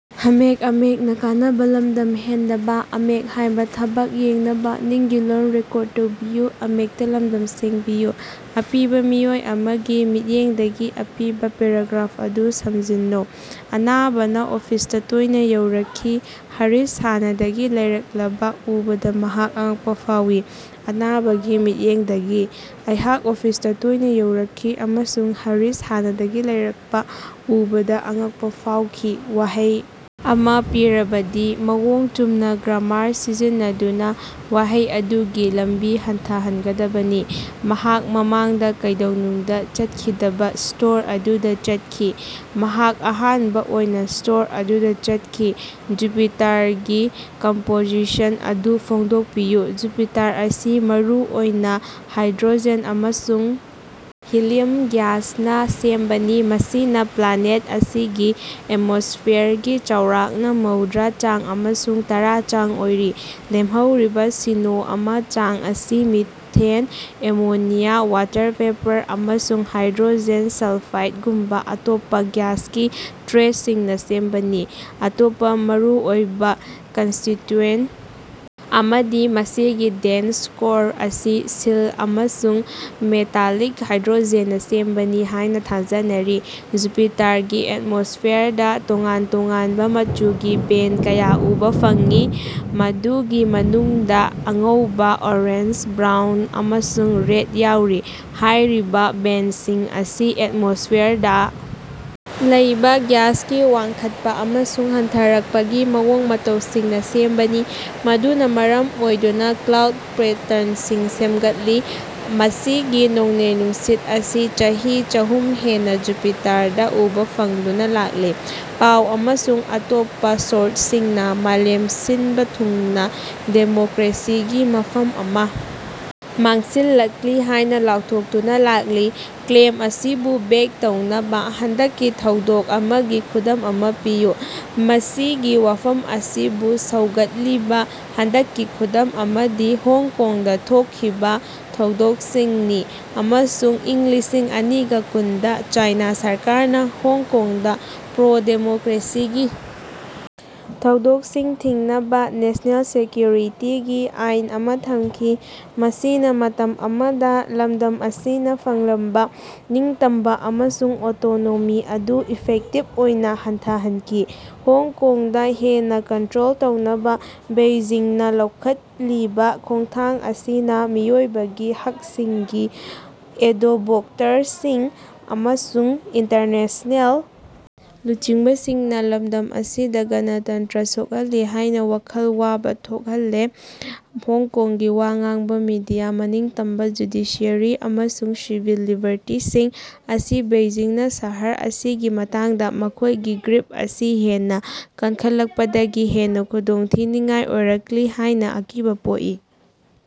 ꯑꯄꯤꯕꯥ ꯃꯤꯑꯣꯏ ꯑꯃꯒꯤ ꯃꯤꯠꯌꯦꯡꯗꯒꯤ ꯑꯄꯤꯕꯥ ꯄꯦꯔꯥꯒ꯭ꯔꯥꯐ ꯑꯗꯨ ꯁꯝꯖꯤꯟꯅꯧ꯫ ꯑꯅꯥꯕꯅꯥ ꯑꯣꯐꯤꯁꯇꯥ ꯇꯣꯏꯅꯥ ꯌꯧꯔꯛꯈꯤ꯫ ꯍꯔꯤꯁ ꯍꯥꯟꯅꯗꯒꯤ ꯂꯩꯔꯛꯂꯕ ꯎꯕꯗ ꯃꯍꯥꯛ ꯑꯉꯛꯄꯥ ꯐꯥꯎꯈꯤ꯫ ꯑꯅꯥꯕꯀꯤ ꯃꯤꯠꯌꯦꯡꯗꯒꯤ: ꯑꯩꯍꯥꯛ ꯑꯣꯐꯤꯁꯇꯥ ꯇꯣꯏꯅ ꯌꯧꯔꯛꯈꯤ ꯑꯃꯁꯨꯡ ꯍꯔꯤꯁ ꯍꯥꯟꯅꯗꯒꯤ ꯂꯩꯔꯛꯄꯥ ꯎꯕꯗꯥ ꯑꯉꯛꯄꯥ ꯐꯥꯎꯈꯤ꯫ ꯋꯥꯍꯩ ꯑꯃꯥ ꯄꯤꯔꯕꯗꯤ, ꯃꯑꯣꯡ ꯆꯨꯝꯅꯥ ꯒ꯭ꯔꯥꯃꯥꯔ ꯁꯤꯖꯤꯟꯅꯗꯨꯅꯥ ꯋꯥꯍꯩ ꯑꯗꯨꯒꯤ ꯂꯝꯕꯤ ꯍꯟꯊꯍꯟꯒꯗꯕꯅꯤ꯫ ꯃꯍꯥꯛ ꯃꯃꯥꯡꯗ ꯀꯩꯗꯧꯅꯨꯡꯗ ꯆꯠꯈꯤꯗꯕ ꯁ꯭ꯇꯣꯔ ꯑꯗꯨꯗꯥ ꯆꯠꯈꯤ꯫ ꯃꯍꯥꯛ ꯑꯍꯥꯟꯕ ꯑꯣꯏꯅꯥ ꯁ꯭ꯇꯣꯔ ꯑꯗꯨꯗ ꯆꯠꯈꯤ꯫ ꯖꯨꯄꯤꯇꯥꯔꯒꯤ ꯀꯝꯄꯣꯖꯤꯁꯟ ꯑꯗꯨ ꯐꯣꯡꯗꯣꯛꯄꯤꯌꯨ꯫ ꯖꯨꯄꯤꯇꯥꯔ ꯑꯁꯤ ꯃꯔꯨ ꯑꯣꯏꯅ ꯍꯥꯏꯗ꯭ꯔꯣꯖꯦꯟ ꯑꯃꯁꯨꯡ ꯍꯤꯂꯤꯌꯝ ꯒ꯭ꯌꯥꯁꯅ ꯁꯦꯝꯕꯅꯤ, ꯃꯁꯤꯅ ꯄ꯭ꯂꯥꯅꯦꯠ ꯑꯁꯤꯒꯤ ꯑꯦꯠꯃꯣꯁ꯭ꯐꯤꯌꯔꯒꯤ ꯆꯥꯎꯔꯥꯛꯅꯥ ꯃꯧꯗꯔꯥ ꯆꯥꯡ ꯑꯃꯁꯨꯡ ꯇꯔꯥ ꯆꯥꯡ ꯑꯣꯏꯔꯤ꯫ ꯂꯦꯝꯍꯧꯔꯤꯕꯥ ꯁꯤꯅ‌ꯣ ꯑꯃꯥ ꯆꯥꯡ ꯑꯁꯤ ꯃꯤꯊꯦꯟ, ꯑꯦꯃꯣꯅꯤꯌꯥ, ꯋꯥꯇꯔ ꯚꯦꯄꯣꯔ ꯑꯃꯁꯨꯡ ꯍꯥꯏꯗ꯭ꯔꯣꯖꯦꯟ ꯁꯜꯐꯥꯏꯗꯒꯨꯝꯕꯥ ꯑꯇꯣꯞꯄꯥ ꯒ꯭ꯌꯥꯁꯀꯤ ꯇ꯭ꯔꯦꯁꯁꯤꯡꯅꯥ ꯁꯦꯝꯕꯅꯤ꯫ ꯑꯇꯣꯞꯄꯥ ꯃꯔꯨꯑꯣꯏꯕꯥ ꯀꯟꯁꯇꯤꯇꯌꯨꯑꯦꯟꯇ ꯑꯃꯗꯤ ꯃꯁꯤꯒꯤ ꯗꯦꯟꯁ ꯀꯣꯔ ꯑꯁꯤ ꯁꯤꯜ ꯑꯃꯁꯨꯡ ꯃꯦꯇꯥꯂꯤꯛ ꯍꯥꯏꯗ꯭ꯔꯣꯖꯦꯟꯅꯥ ꯁꯦꯝꯕꯅꯤ ꯍꯥꯏꯅ ꯊꯥꯖꯅꯔꯤ꯫ ꯖꯨꯄꯤꯇꯥꯔꯒꯤ ꯑꯦꯠꯃꯣꯁ꯭ꯐꯤꯌꯔꯗꯥ ꯇꯣꯉꯥꯟ ꯇꯣꯉꯥꯟꯕ ꯃꯆꯨꯒꯤ ꯕꯦꯟꯗ ꯀꯌꯥ ꯎꯕ ꯐꯪꯏ, ꯃꯗꯨꯒꯤ ꯃꯅꯨꯡꯗ ꯑꯉꯧꯕ, ꯑꯣꯔꯦꯟꯖ, ꯕ꯭ꯔꯥꯎꯟ ꯑꯃꯁꯨꯡ ꯔꯦꯗ ꯌꯥꯎꯔꯤ꯫ ꯍꯥꯏꯔꯤꯕ ꯕꯦꯟꯗꯁꯤꯡ ꯑꯁꯤ ꯑꯦꯠꯃꯣꯁ꯭ꯐꯤꯌꯔꯗꯥ ꯂꯩꯕꯥ ꯒ꯭ꯌꯥꯁꯀꯤ ꯋꯥꯡꯈꯠꯄ ꯑꯃꯁꯨꯡ ꯍꯟꯊꯔꯛꯄꯒꯤ ꯃꯑꯣꯡ-ꯃꯇꯧꯁꯤꯡꯅ ꯁꯦꯝꯕꯅꯤ, ꯃꯗꯨꯅ ꯃꯔꯝ ꯑꯣꯏꯗꯨꯅ ꯀ꯭ꯂꯥꯎꯗ ꯄꯦꯇꯔꯟꯁꯤꯡ ꯁꯦꯝꯒꯠꯂꯤ꯫ ꯃꯁꯤꯒꯤ ꯅꯣꯡꯂꯩ-ꯅꯨꯡꯁꯤꯠ ꯑꯁꯤ ꯆꯍꯤ ꯆꯥꯍꯨꯝ ꯍꯦꯟꯅ ꯖꯨꯄꯤꯇꯥꯔꯗ ꯎꯕꯥ ꯐꯪꯗꯨꯅꯥ ꯂꯥꯛꯂꯤ꯫ ꯄꯥꯎ ꯑꯃꯁꯨꯡ ꯑꯇꯣꯞꯄ ꯁꯣꯔꯁꯁꯤꯡꯅ ꯃꯥꯂꯦꯝ ꯁꯤꯟꯕ ꯊꯨꯡꯅ ꯗꯦꯃꯣꯀꯔꯦꯁꯤꯒꯤ ꯃꯐꯝ ꯑꯃꯥ ꯃꯥꯡꯁꯤꯜꯂꯛꯂꯤ ꯍꯥꯏꯅ ꯂꯥꯎꯊꯣꯛꯇꯨꯅꯥ ꯂꯥꯛꯂꯤ꯫ ꯀ꯭ꯂꯦꯝ ꯑꯁꯤꯕꯨ ꯕꯦꯛ ꯇꯧꯅꯕ ꯍꯟꯗꯛꯀꯤ ꯊꯧꯗꯣꯛ ꯑꯃꯒꯤ ꯈꯨꯗꯝ ꯑꯃꯥ ꯄꯤꯌꯨ꯫ ꯃꯁꯤꯒꯤ ꯋꯥꯐꯝ ꯑꯁꯤꯕꯨ ꯁꯧꯒꯠꯂꯤꯕ ꯍꯟꯗꯛꯀꯤ ꯈꯨꯗꯝ ꯑꯃꯗꯤ ꯍꯣꯡꯀꯣꯡꯗꯥ ꯊꯣꯛꯈꯤꯕꯥ ꯊꯧꯗꯣꯛꯁꯤꯡꯅꯤ꯫ ꯑꯃꯁꯨꯡ ꯏꯪ ꯂꯤꯁꯤꯡ ꯑꯅꯤꯒ ꯀꯨꯟꯗꯥ ꯆꯥꯏꯅꯥ ꯁꯔꯀꯥꯔꯅ ꯍꯣꯡꯀꯣꯡꯗ ꯄ꯭ꯔꯣꯗꯦꯃꯣꯀꯔꯦꯁꯤꯒꯤ ꯊꯧꯗꯣꯛꯁꯤꯡ ꯊꯤꯡꯅꯕꯥ ꯅꯦꯁ꯭ꯅꯦꯜ ꯁꯦꯀ꯭ꯌꯨꯔꯤꯇꯤꯒꯤ ꯑꯥꯏꯟ ꯑꯃꯥ ꯊꯝꯈꯤ, ꯃꯁꯤꯅ ꯃꯇꯝ ꯑꯃꯗ ꯂꯝꯗꯝ ꯑꯁꯤꯅ ꯐꯪꯂꯝꯕ ꯅꯤꯡꯇꯝꯕ ꯑꯃꯁꯨꯡ ꯑꯣꯇꯣꯅꯣꯃꯤ ꯑꯗꯨ ꯏꯐꯦꯛꯇꯤꯕ ꯑꯣꯏꯅ ꯍꯟꯊꯍꯟꯈꯤ꯫ ꯍꯣꯡꯀꯣꯡꯗꯥ ꯍꯦꯟꯅꯥ ꯀꯟꯇꯔꯣꯜ ꯇꯧꯅꯕ ꯕꯦꯏꯖꯤꯡꯅ ꯂꯧꯈꯠꯂꯤꯕ ꯈꯣꯡꯊꯥꯡ ꯑꯁꯤꯅ ꯃꯤꯑꯣꯏꯕꯒꯤ ꯍꯛꯁꯤꯡꯒꯤ ꯑꯦꯗꯣꯕꯣꯛꯇꯔꯁꯤꯡ ꯑꯃꯁꯨꯡ ꯏꯟꯇꯔꯅꯦꯁ꯭ꯅꯦꯜ ꯂꯨꯆꯤꯡꯕꯁꯤꯡꯅ ꯂꯝꯗꯝ ꯑꯁꯤꯗ ꯒꯅꯇꯟꯇꯔ ꯁꯣꯛꯍꯜꯂꯤ ꯍꯥꯏꯅꯥ ꯋꯥꯈꯜ ꯋꯥꯕ ꯊꯣꯛꯍꯜꯂꯦ꯫ ꯍꯣꯡꯀꯣꯡꯒꯤ ꯋꯥ ꯉꯥꯡꯕꯥ ꯃꯤꯗꯤꯌꯥ, ꯃꯅꯤꯡꯇꯝꯕ ꯖꯨꯗꯤꯁꯤꯌꯔꯤ ꯑꯃꯁꯨꯡ ꯁꯤꯚꯤꯜ ꯂꯤꯕꯔꯇꯤꯁꯤꯡ ꯑꯁꯤ ꯕꯦꯏꯖꯤꯡꯅ ꯁꯍꯔ ꯑꯁꯤꯒꯤ ꯃꯇꯥꯡꯗ ꯃꯈꯣꯏꯒꯤ ꯒ꯭ꯔꯤꯞ ꯑꯁꯤ ꯍꯦꯟꯅꯥ ꯀꯟꯈꯠꯂꯛꯄꯗꯒꯤ ꯍꯦꯟꯅ ꯈꯨꯗꯣꯡꯊꯤꯅꯤꯡꯉꯥꯏ ꯑꯣꯏꯔꯛꯂꯤ ꯍꯥꯏꯅꯥ ꯑꯀꯤꯕꯥ ꯄꯣꯛꯏ꯫